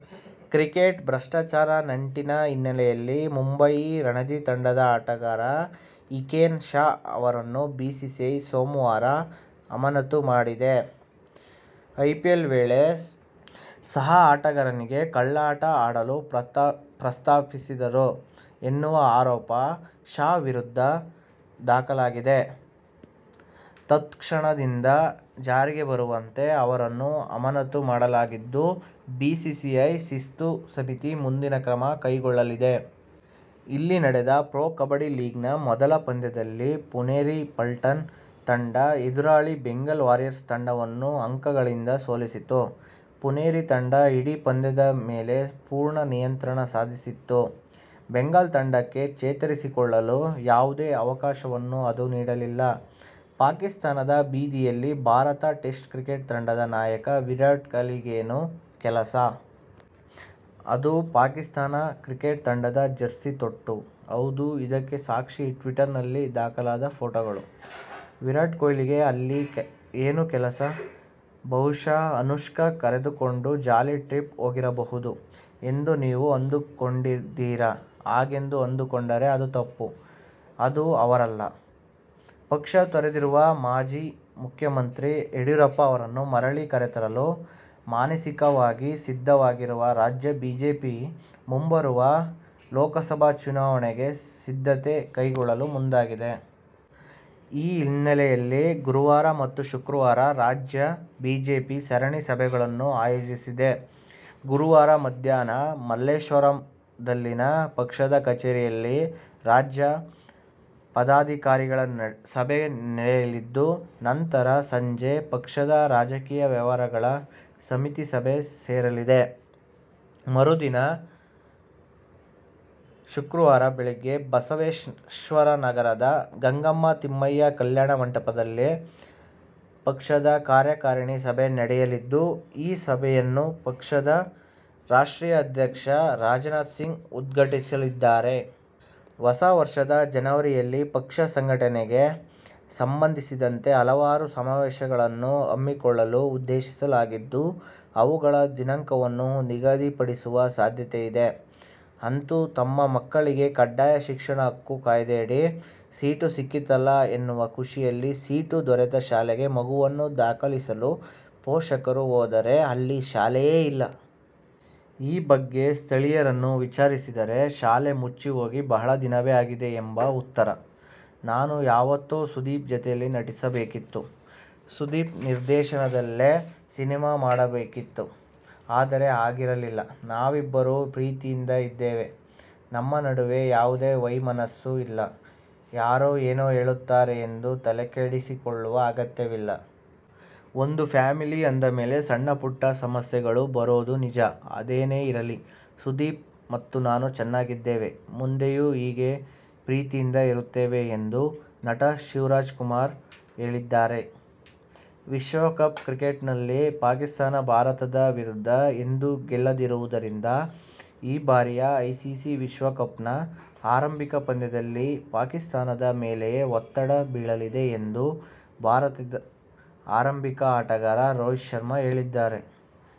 Cricket ಭಷ್ಟಾಚಾರ ನಂಟಿನ ಹಿನ್ನೆಲೆಯಲ್ಲಿ ಮುಂಬಯಿ ರಣಜಿ ತಂಡದ ಆಟಗಾರ ಹಿಕೆನ್ ಶಾ ಅವರನ್ನು ಬಿಸಿಸಿಐ ಸೋಮವಾರ ಅಮಾನತು ಮಾಡಿದೆ. ಐಪಿಎಲ್ ವೇಳೆ ಸಹ ಆಟಗಾರನಿಗೆ ಕಳ್ಳಾಟ ಆಡಲು ಪ್ರಸ್ತಾವಿಸಿದ್ದರು ಎನ್ನುವ ಆರೋಪ ಶಾ ವಿರುದ್ಧ ದಾಖಲಾಗಿದೆ. ತತ್ಕ್ಷಣದಿಂದ ಜಾರಿಗೆ ಬರುವಂತೆ ಅವರನ್ನು ಅಮಾನತು ಮಾಡಲಾಗಿದ್ದು ಬಿಸಿಸಿಐ ಶಿಸ್ತು ಸಮಿತಿ ಮುಂದಿನ ಕ್ರಮ ಕೈಗೊಳ್ಳಲಿದೆ. ಇಲ್ಲಿ ನಡೆದ ಪ್ರೊ ಕಬಡ್ಡಿ ಲೀಗ್ನ ಮೊದಲ ಪಂದ್ಯದಲ್ಲಿ ಪುನೇರಿ ಪಲ್ಟಾನ್ ತಂಡ ಎದುರಾಳಿ ಬೆಂಗಾಲ್ ವಾರಿಯರ್ಸ್ ತಂಡವನ್ನು ಅಂಕಗಳಿಂದ ಸೋಲಿಸಿತು. ಪುನೇರಿ ತಂಡ ಇಡೀ ಪಂದ್ಯದ ಮೇಲೆ ಪೂರ್ಣ ನಿಯಂತ್ರಣ ಸಾಧಿಸಿತ್ತು. ಬೆಂಗಾಲ್ ತಂಡಕ್ಕೆ ಚೇತರಿಸಿಕೊಳ್ಳಲು ಯಾವುದೇ ಅವಕಾಶವನ್ನೂ ಅದು ನೀಡಲಿಲ್ಲ. ಪಾಕಿಸ್ತಾನದ ಬೀದಿಯಲ್ಲಿ ಭಾರತ ಟೆಸ್ಟ್ ಕ್ರಿಕೆಟ್ ತಂಡದ ನಾಯಕ ವಿರಾಟ್ ಕೊಹ್ಲಿಗೇನು ಕೆಲಸ? ಅದೂ ಪಾಕಿಸ್ತಾನ ಕ್ರಿಕೆಟ್ ತಂಡದ ಜೆರ್ಸಿ ತೊಟ್ಟು? ಹೌದು, ಇದಕ್ಕೆ ಸಾಕ್ಷಿ ಟ್ವೀಟರ್ನಲ್ಲಿ ದಾಖಲಾದ ಫೋಟೋಗಳು! ವಿರಾಟ್ ಕೊಹ್ಲಿಗೆ ಅಲ್ಲಿ ಏನು ಕೆಲಸ, ಬಹುಶಃ ಅನುಷ್ಕಾ ಕರೆದುಕೊಂಡು ಜಾಲಿ ಟ್ರಿಪ್ ಹೋಗಿರಬಹುದು ಎಂದು ನೀವು ಅಂದುಕೊಂಡಿದ್ದೀರಾ? ಹಾಗೆಂದು ಅಂದುಕೊಂಡರೆ ಅದು ತಪ್ಪು. ಅದು ಅವರಲ್ಲ. ಪಕ್ಷ ತೊರೆದಿರುವ ಮಾಜಿ ಮುಖ್ಯಮಂತ್ರಿ ಯಡಿಯೂರಪ್ಪ ಅವರನ್ನು ಮರಳಿ ಕರೆತರಲು ಮಾನಸಿಕವಾಗಿ ಸಿದ್ಧವಾಗಿರುವ ರಾಜ್ಯ ಬಿಜೆಪಿ ಮುಂಬರುವ ಲೋಕಸಭಾ ಚುನಾವಣೆಗೆ ಸಿದ್ಧತೆ ಕೈಗೊಳ್ಳಲು ಮುಂದಾಗಿದೆ. ಈ ಹಿನ್ನೆಲೆಯಲ್ಲಿ ಗುರುವಾರ ಮತ್ತು ಶುಕ್ರವಾರ ರಾಜ್ಯ ಬಿಜೆಪಿ ಸರಣಿ ಸಭೆಗಳನ್ನು ಆಯೋಜಿಸಿದೆ. ಗುರುವಾರ ಮಧ್ಯಾಹ್ನ ಮಲ್ಲೇಶ್ವರದಲ್ಲಿನ ಪಕ್ಷದ ಕಚೇರಿಯಲ್ಲಿ ರಾಜ್ಯ ಪದಾಧಿಕಾರಿಗಳ ಸಭೆ ನಡೆಯಲಿದ್ದು, ನಂತರ ಸಂಜೆ ಪಕ್ಷದ ರಾಜಕೀಯ ವ್ಯವಹಾರಗಳ ಸಮಿತಿ ಸಭೆ ಸೇರಲಿದೆ. ಮರುದಿನ ಶುಕ್ರವಾರ ಬೆಳಗ್ಗೆ ಬಸವೇಶ್ವರನಗರದ ಗಂಗಮ್ಮ ತಿಮ್ಮಯ್ಯ ಕಲ್ಯಾಣ ಮಂಟಪದಲ್ಲಿ ಪಕ್ಷದ ಕಾರ್ಯಕಾರಿಣಿ ಸಭೆ ನಡೆಯಲಿದ್ದು, ಈ ಸಭೆಯನ್ನು ಪಕ್ಷದ ರಾಷ್ಟ್ರೀಯ ಅಧ್ಯಕ್ಷ ರಾಜನಾಥ್ ಸಿಂಗ್ ಉದ್ಘಾಟಿಸಲಿದ್ದಾರೆ. ಹೊಸ ವರ್ಷದ ಜನವರಿಯಲ್ಲಿ ಪಕ್ಷ ಸಂಘಟನೆಗೆ ಸಂಬಂಧಿಸಿದಂತೆ ಹಲವಾರು ಸಮಾವೇಶಗಳನ್ನು ಹಮ್ಮಿಕೊಳ್ಳಲು ಉದ್ದೇಶಿಸಲಾಗಿದ್ದು, ಅವುಗಳ ದಿನಾಂಕವನ್ನೂ ನಿಗದಿಪಡಿಸುವ ಸಾಧ್ಯತೆಯಿದೆ. ಅಂತೂ ತಮ್ಮ ಮಕ್ಕಳಿಗೆ ಕಡ್ಡಾಯ ಶಿಕ್ಷಣ ಹಕ್ಕು ಕಾಯ್ದೆಯಡಿ ಸೀಟು ಸಿಕ್ಕಿತಲ್ಲಾ ಎನ್ನುವ ಖುಷಿಯಲ್ಲಿ ಸೀಟು ದೊರೆತ ಶಾಲೆಗೆ ಮಗುವನ್ನು ದಾಖಲಿಸಲು ಪೋಷಕರು ಹೋದರೆ ಅಲ್ಲಿ ಶಾಲೆಯೇ ಇಲ್ಲ! ಈ ಬಗ್ಗೆ ಸ್ಥಳೀಯರನ್ನು ವಿಚಾರಿಸಿದರೆ, ಶಾಲೆ ಮುಚ್ಚಿಹೋಗಿ ಬಹಳ ದಿನವೇ ಆಗಿದೆ ಎಂಬ ಉತ್ತರ! ನಾನು ಯಾವತ್ತೋ ಸುದೀಪ್ ಜತೆಯಲ್ಲಿ ನಟಿಸಬೇಕಿತ್ತು. ಸುದೀಪ್ ನಿರ್ದೇಶನದಲ್ಲೇ ಸಿನಿಮಾ ಮಾಡಬೇಕಿತ್ತು. ಆದರೆ, ಆಗಿರಲಿಲ್ಲ. ನಾವಿಬ್ಬರೂ ಪ್ರೀತಿಯಿಂದ ಇದ್ದೇವೆ. ನಮ್ಮ ನಡುವೆ ಯಾವುದೇ ವೈಮನಸ್ಸು ಇಲ್ಲ. ಯಾರೋ ಏನೋ ಹೇಳುತ್ತಾರೆ ಎಂದು ತಲೆಕೆಡಿಸಿಕೊಳ್ಳುವ ಅಗತ್ಯವಿಲ್ಲ. ಒಂದು ಫ್ಯಾಮಿಲಿ ಅಂದಮೇಲೆ, ಸಣ್ಣಪುಟ್ಟ ಸಮಸ್ಯೆಗಳು ಬರೋದು ನಿಜ. ಅದೇನೆ ಇರಲಿ, ಸುದೀಪ್ ಮತ್ತು ನಾನು ಚೆನ್ನಾಗಿದ್ದೇವೆ. ಮುಂದೆಯೂ ಹೀಗೇ ಪ್ರೀತಿಯಿಂದ ಇರುತ್ತೇವೆ ಎಂದು ನಟ ಶಿವರಾಜಕುಮಾರ್ ಹೇಳಿದ್ದಾರೆ. ವಿಶ್ವಕಪ್ ಕ್ರಿಕೆಟ್ನಲ್ಲಿ ಪಾಕಿಸ್ಥಾನ ಭಾರತದ ವಿರುದ್ಧ ಎಂದೂ ಗೆಲ್ಲದಿರುವುದರಿಂದ ಈ ಬಾರಿಯ ಐಸಿಸಿ ವಿಶ್ವಕಪ್ನ ಆರಂಭಿಕ ಪಂದ್ಯದಲ್ಲಿ ಪಾಕಿಸ್ಥಾನದ ಮೇಲೆಯೇ ಒತ್ತಡ ಬೀಳಲಿದೆ ಎಂದು ಭಾರತದ ಆರಂಭಿಕ ಆಟಗಾರ ರೋಹಿತ್ ಶರ್ಮಾ ಹೇಳಿದ್ದಾರೆ.